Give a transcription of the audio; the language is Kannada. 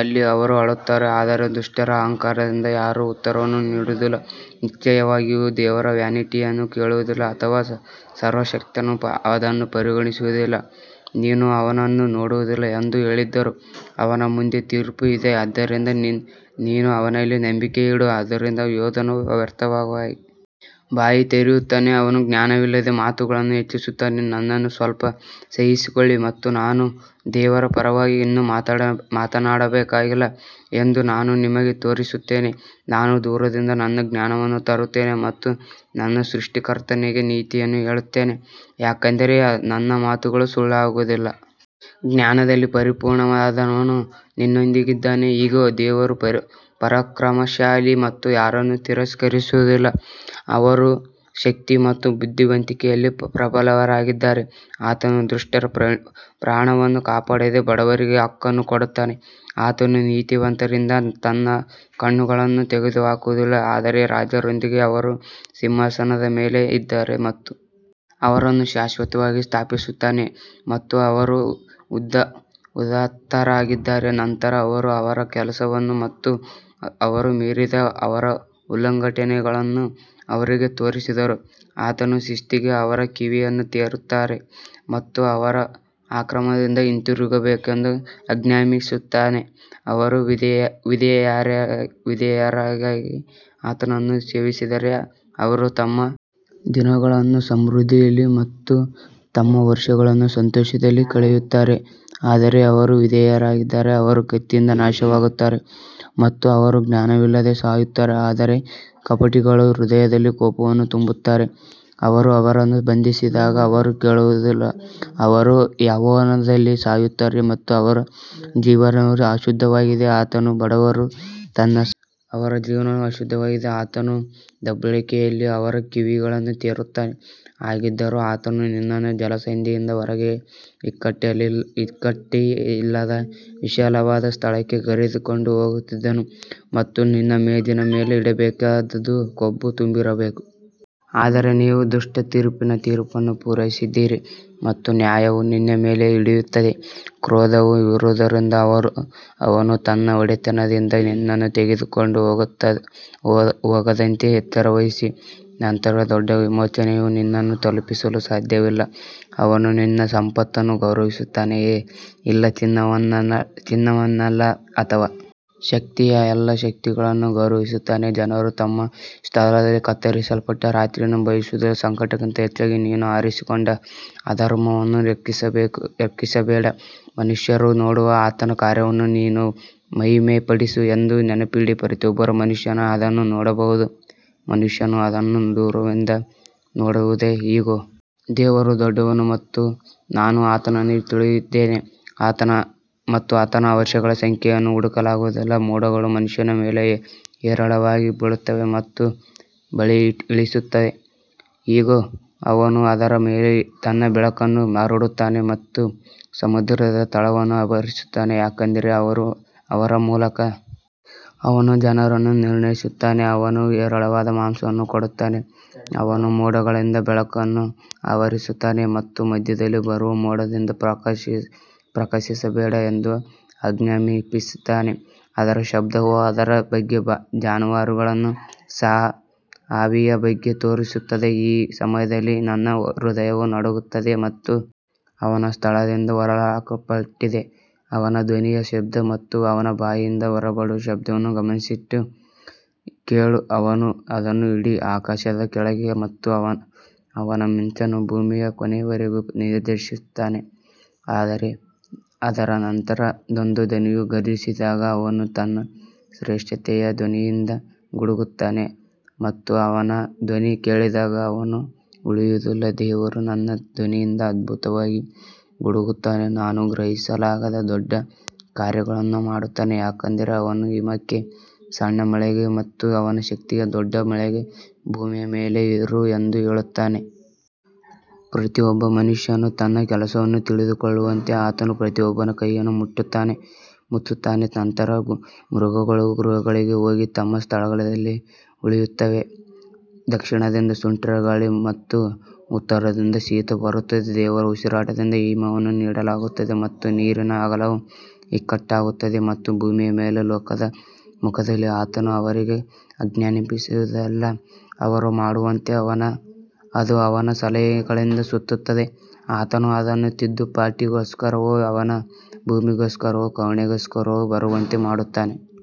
ಅಲ್ಲಿ ಅವರು ಅಳುತ್ತಾರೆ ಆದರೆ ದುಷ್ಟರ ಅಹಂಕಾರದಿಂದ ಯಾರೂ ಉತ್ತರವನ್ನು ನೀಡುವುದಿಲ್ಲ ನಿಶ್ಚಯವಾಗಿಯೂ ದೇವರು ವ್ಯಾನಿಟಿಯನ್ನು ಕೇಳುವುದಿಲ್ಲ ಅಥವಾ ಸರ್ವಶಕ್ತನು ಅದನ್ನು ಪರಿಗಣಿಸುವುದಿಲ್ಲ ನೀನು ಅವನನ್ನು ನೋಡುವುದಿಲ್ಲ ಎಂದು ಹೇಳುತ್ತಿದ್ದರೂ ಅವನ ಮುಂದೆ ತೀರ್ಪು ಇದೆ ಆದ್ದರಿಂದ ನೀನು ಅವನಲ್ಲಿ ನಂಬಿಕೆಯಿಡು ಆದದರಿಂದ ಯೋಬನು ವ್ಯರ್ಥವಾಗಿ ಬಾಯಿ ತೆರೆಯುತ್ತಾನೆ, ಅವನು ಜ್ಞಾನವಿಲ್ಲದೆ ಮಾತುಗಳನ್ನು ಹೆಚ್ಚಿಸುತ್ತಾನೆ ನನ್ನನ್ನು ಸ್ವಲ್ಪ ಸಹಿಸಿಕೊಳ್ಳಿ ಮತ್ತು ನಾನು ದೇವರ ಪರವಾಗಿ ಇನ್ನೂ ಮಾತನಾಡಬೇಕಾಗಿಲ್ಲ ಎಂದು ನಾನು ನಿಮಗೆ ತೋರಿಸುತ್ತೇನೆ ನಾನು ದೂರದಿಂದ ನನ್ನ ಜ್ಞಾನವನ್ನು ತರುತ್ತೇನೆ ಮತ್ತು ನನ್ನ ಸೃಷ್ಟಿಕರ್ತನಿಗೆ ನೀತಿಯನ್ನು ಹೇಳುತ್ತೇನೆ ಯಾಕಂದರೆ ನನ್ನ ಮಾತುಗಳು ಸುಳ್ಳಾಗುವುದಿಲ್ಲ, ಜ್ಞಾನದಲ್ಲಿ ಪರಿಪೂರ್ಣನಾದವನು ನಿನ್ನೊಂದಿಗಿದ್ದಾನೆ ಇಗೋ, ದೇವರು ಪರಾಕ್ರಮಶಾಲಿ ಮತ್ತು ಯಾರನ್ನೂ ತಿರಸ್ಕರಿಸುವುದಿಲ್ಲ, ಅವರು ಶಕ್ತಿ ಮತ್ತು ಬುದ್ಧಿವಂತಿಕೆಯಲ್ಲಿ ಪ್ರಬಲರಾಗಿದ್ದಾರೆ ಆತನು ದುಷ್ಟರ ಪ್ರಾಣವನ್ನು ಕಾಪಾಡದೆ ಬಡವರಿಗೆ ಹಕ್ಕನ್ನು ಕೊಡುತ್ತಾನೆ ಆತನು ನೀತಿವಂತರಿಂದ ತನ್ನ ಕಣ್ಣುಗಳನ್ನು ತೆಗೆದುಹಾಕುವುದಿಲ್ಲ ಆದರೆ ರಾಜರೊಂದಿಗೆ ಅವರು ಸಿಂಹಾಸನದ ಮೇಲೆ ಇದ್ದಾರೆ ಮತ್ತು ಅವರನ್ನು ಶಾಶ್ವತವಾಗಿ ಸ್ಥಾಪಿಸುತ್ತಾನೆ ಮತ್ತು ಅವರು ಉದಾತ್ತರಾಗಿದ್ದಾರೆ ನಂತರ ಅವರು ಅವರ ಕೆಲಸವನ್ನು ಮತ್ತು ಅವರು ಮೀರಿದ ಅವರ ಉಲ್ಲಂಘನೆಗಳನ್ನು ಅವರಿಗೆ ತೋರಿಸಿದರು ಆತನು ಶಿಸ್ತಿಗೆ ಅವರ ಕಿವಿಯನ್ನು ತೆರೆಯುತ್ತಾನೆ ಮತ್ತು ಅವರು ಅಕ್ರಮದಿಂದ ಹಿಂತಿರುಗಬೇಕೆಂದು ಆಜ್ಞಾಪಿಸುತ್ತಾನೆ ಅವರು ವಿಧೇಯರಾಗಿ ಆತನನ್ನು ಸೇವಿಸಿದರೆ ಅವರು ತಮ್ಮ ದಿನಗಳನ್ನು ಸಮೃದ್ಧಿಯಲ್ಲಿ ಮತ್ತು ತಮ್ಮ ವರ್ಷಗಳನ್ನು ಸಂತೋಷದಲ್ಲಿ ಕಳೆಯುತ್ತಾರೆ ಆದರೆ ಅವರು ವಿಧೇಯರಾಗದಿದ್ದರೆ ಅವರು ಕತ್ತಿಯಿಂದ ನಾಶವಾಗುತ್ತಾರೆ ಮತ್ತು ಅವರು ಜ್ಞಾನವಿಲ್ಲದೆ ಸಾಯುತ್ತಾರೆ ಆದರೆ ಕಪಟಿಗಳು ಹೃದಯದಲ್ಲಿ ಕೋಪವನ್ನು ತುಂಬುತ್ತಾರೆ, ಅವರು ಅವರನ್ನು ಬಂಧಿಸಿದಾಗ ಅವರು ಅಳುವುದಿಲ್ಲ ಅವರು ಯೌವನದಲ್ಲಿ ಸಾಯುತ್ತಾರೆ ಮತ್ತು ಅವರ ಜೀವನವು ಅಶುದ್ಧವಾಗಿದೆ ಆತನು ಬಡವರನ್ನು ತನ್ನ ಸಂಕಟದಲ್ಲಿ ಬಿಡಿಸುತ್ತಾನೆ ಮತ್ತು ದಬ್ಬಾಳಿಕೆಯಲ್ಲಿ ಅವರ ಕಿವಿಗಳನ್ನು ತೆರೆಯುತ್ತಾನೆ ಹಾಗಿದ್ದರೂ ಆತನು ನಿನ್ನನ್ನು ಜಲಸಂಧಿಯಿಂದ ಹೊರಗೆ ಇಕ್ಕಟ್ಟಿಲ್ಲದ ವಿಶಾಲವಾದ ಸ್ಥಳಕ್ಕೆ ಕರೆದುಕೊಂಡು ಹೋಗುತ್ತಿದ್ದನು ಮತ್ತು ನಿನ್ನ ಮೇಜಿನ ಮೇಲೆ ಇಡಬೇಕಾದದ್ದು ಕೊಬ್ಬು ತುಂಬಿರಬೇಕು. ಆದರೆ ನೀವು ದುಷ್ಟ ತೀರ್ಪಿನ ತೀರ್ಪನ್ನು ಪೂರೈಸಿದ್ದೀರಿ ಮತ್ತು ನ್ಯಾಯವು ನಿಮ್ಮ ಮೇಲೆ ಹಿಡಿಯುತ್ತದೆ ಕ್ರೋಧವು ಇರುವುದರಿಂದ ಅವನು ತನ್ನ ಹೊಡೆತದಿಂದ ನಿನ್ನನ್ನು ತೆಗೆದುಕೊಂಡು ಹೋಗದಂತೆ ಎಚ್ಚರವಹಿಸಿ ನಂತರ ದೊಡ್ಡ ವಿಮೋಚನೆಯು ನಿನ್ನನ್ನು ತಲುಪಿಸಲು ಸಾಧ್ಯವಿಲ್ಲ ಅವನು ನಿನ್ನ ಸಂಪತ್ತನ್ನು ಗೌರವಿಸುತ್ತಾನೆಯೇ ಇಲ್ಲ ಚಿನ್ನವನ್ನಲ್ಲ ಅಥವಾ ಶಕ್ತಿಯ ಎಲ್ಲಾ ಶಕ್ತಿಗಳನ್ನು ಗೌರವಿಸುತ್ತಾನೆ ಜನರು ತಮ್ಮ ಸ್ಥಳದಲ್ಲಿ ಕತ್ತರಿಸಲ್ಪಟ್ಟ ರಾತ್ರಿಯನ್ನು ಬಯಸುವುದಿಲ್ಲ ಸಂಕಟಕ್ಕಿಂತ ಹೆಚ್ಚಾಗಿ ನೀನು ಆರಿಸಿಕೊಂಡ ಅಧರ್ಮವನ್ನು ಲೆಕ್ಕಿಸಬೇಡ ಮನುಷ್ಯರು ನೋಡುವ ಆತನ ಕಾರ್ಯವನ್ನು ನೀನು ಮಹಿಮೆಪಡಿಸು ಎಂದು ನೆನಪಿಡಿ ಪ್ರತಿಯೊಬ್ಬ ಮನುಷ್ಯನು ಅದನ್ನು ನೋಡಬಹುದು ಮನುಷ್ಯನು ಅದನ್ನು ದೂರದಿಂದ ನೋಡಬಹುದು ಇಗೋ ದೇವರು ದೊಡ್ಡವನು ಮತ್ತು ನಾವು ಆತನನ್ನು ತಿಳಿದಿದ್ದೇವೆ ಮತ್ತು ಆತನ ವರ್ಷಗಳ ಸಂಖ್ಯೆಯನ್ನು ಹುಡುಕಲಾಗುವುದಿಲ್ಲ ಮೋಡಗಳು ಮನುಷ್ಯನ ಮೇಲೆ ಹೇರಳವಾಗಿ ಬೀಳುತ್ತವೆ ಮತ್ತು ಬಟ್ಟಿ ಇಳಿಸುತ್ತವೆ ಇಗೋ, ಅವನು ಅದರ ಮೇಲೆ ತನ್ನ ಬೆಳಕನ್ನು ಹರಡುತ್ತಾನೆ ಮತ್ತು ಸಮುದ್ರದ ತಳವನ್ನು ಆವರಿಸುತ್ತಾನೆ ಯಾಕಂದರೆ ಅವರ ಮೂಲಕ ಅವನು ಜನರನ್ನು ನಿರ್ಣಯಿಸುತ್ತಾನೆ, ಅವನು ಹೇರಳವಾಗಿ ಮಾಂಸವನ್ನು ಕೊಡುತ್ತಾನೆ ಅವನು ಮೋಡಗಳಿಂದ ಬೆಳಕನ್ನು ಆವರಿಸುತ್ತಾನೆ ಮತ್ತು ಮಧ್ಯದಲ್ಲಿ ಬರುವ ಮೋಡದಿಂದ ಪ್ರಕಾಶಿಸಬೇಡ ಎಂದು ಆಜ್ಞಾಪಿಸುತ್ತಾನೆ ಅದರ ಶಬ್ದವು ಅದರ ಬಗ್ಗೆ ಜಾನುವಾರುಗಳನ್ನು ಸಹ ಆವಿಯ ಬಗ್ಗೆ ತೋರಿಸುತ್ತದೆ ಈ ಸಮಯದಲ್ಲಿ ನನ್ನ ಹೃದಯವು ನಡುಗುತ್ತದೆ ಮತ್ತು ಅವನ ಸ್ಥಳದಿಂದ ಹೊರಹಾಕಲ್ಪಟ್ಟಿದೆ ಅವನ ಧ್ವನಿಯ ಶಬ್ದ ಮತ್ತು ಅವನ ಬಾಯಿಂದ ಹೊರಡುವ ಶಬ್ದವನ್ನು ಗಮನವಿಟ್ಟು ಕೇಳು ಅವನು ಅದನ್ನು ಇಡೀ ಆಕಾಶದ ಕೆಳಗೆ ಮತ್ತು ಅವನ ಮಿಂಚನ್ನು ಭೂಮಿಯ ಕೊನೆಯವರೆಗೂ ನಿರ್ದೇಶಿಸುತ್ತಾನೆ ಅದರ ನಂತರ ಒಂದು ಧ್ವನಿಯು ಘರ್ಜಿಸಿದಾಗ ಅವನು ತನ್ನ ಶ್ರೇಷ್ಠತೆಯ ಧ್ವನಿಯಿಂದ ಗುಡುಗುತ್ತಾನೆ ಮತ್ತು ಅವನ ಧ್ವನಿ ಕೇಳಿದಾಗ ಅವನು ಉಳಿಯುವುದಿಲ್ಲ ದೇವರು ತನ್ನ ಧ್ವನಿಯಿಂದ ಅದ್ಭುತವಾಗಿ ಗುಡುಗುತ್ತಾನೆ, ನಾವು ಗ್ರಹಿಸಲಾಗದ ದೊಡ್ಡ ಕಾರ್ಯಗಳನ್ನು ಮಾಡುತ್ತಾನೆ ಯಾಕಂದರೆ ಅವನು ಹಿಮಕ್ಕೆ ಸಣ್ಣ ಮಳೆಗೆ ಮತ್ತು ಅವನ ಶಕ್ತಿಯ ದೊಡ್ಡ ಮಳೆಗೆ ಭೂಮಿಯ ಮೇಲೆ ಇರು ಎಂದು ಹೇಳುತ್ತಾನೆ. ಪ್ರತಿಯೊಬ್ಬ ಮನುಷ್ಯನು ತನ್ನ ಕೆಲಸವನ್ನು ತಿಳಿದುಕೊಳ್ಳುವಂತೆ ಆತನು ಪ್ರತಿಯೊಬ್ಬನ ಕೈಯನ್ನು ಮುಚ್ಚುತ್ತಾನೆ ನಂತರ ಮೃಗಗಳು ಗುಹೆಗಳಿಗೆ ಹೋಗಿ ತಮ್ಮ ಸ್ಥಳಗಳಲ್ಲಿ ಉಳಿಯುತ್ತವೆ ದಕ್ಷಿಣದಿಂದ ಸುಂಟರಗಾಳಿ ಮತ್ತು ಉತ್ತರದಿಂದ ಶೀತ ಬರುತ್ತದೆ ದೇವರ ಉಸಿರಾಟದಿಂದ ಹಿಮವನ್ನು ನೀಡಲಾಗುತ್ತದೆ ಮತ್ತು ನೀರಿನ ಅಗಲವು ಇಕ್ಕಟ್ಟಾಗುತ್ತದೆ ಮತ್ತು ಭೂಮಿಯ ಮೇಲೆ ಲೋಕದ ಮುಖದಲ್ಲಿ ಆತನು ಅವರಿಗೆ ಆಜ್ಞಾಪಿಸುವುದನ್ನೆಲ್ಲಾ ಅವರು ಮಾಡುವಂತೆ ಅದು ಅವನ ಸಲಹೆಗಳಿಂದ ಸುತ್ತುತ್ತದೆ. ಆತನು ಅದನ್ನು ತಿದ್ದುಪಾಟಿಗೋಸ್ಕರವೋ ಅವನ ಭೂಮಿಗೋಸ್ಕರವೋ ಕರುಣೆಗೋಸ್ಕರ ಬರುವಂತೆ ಮಾಡುತ್ತಾನೆ.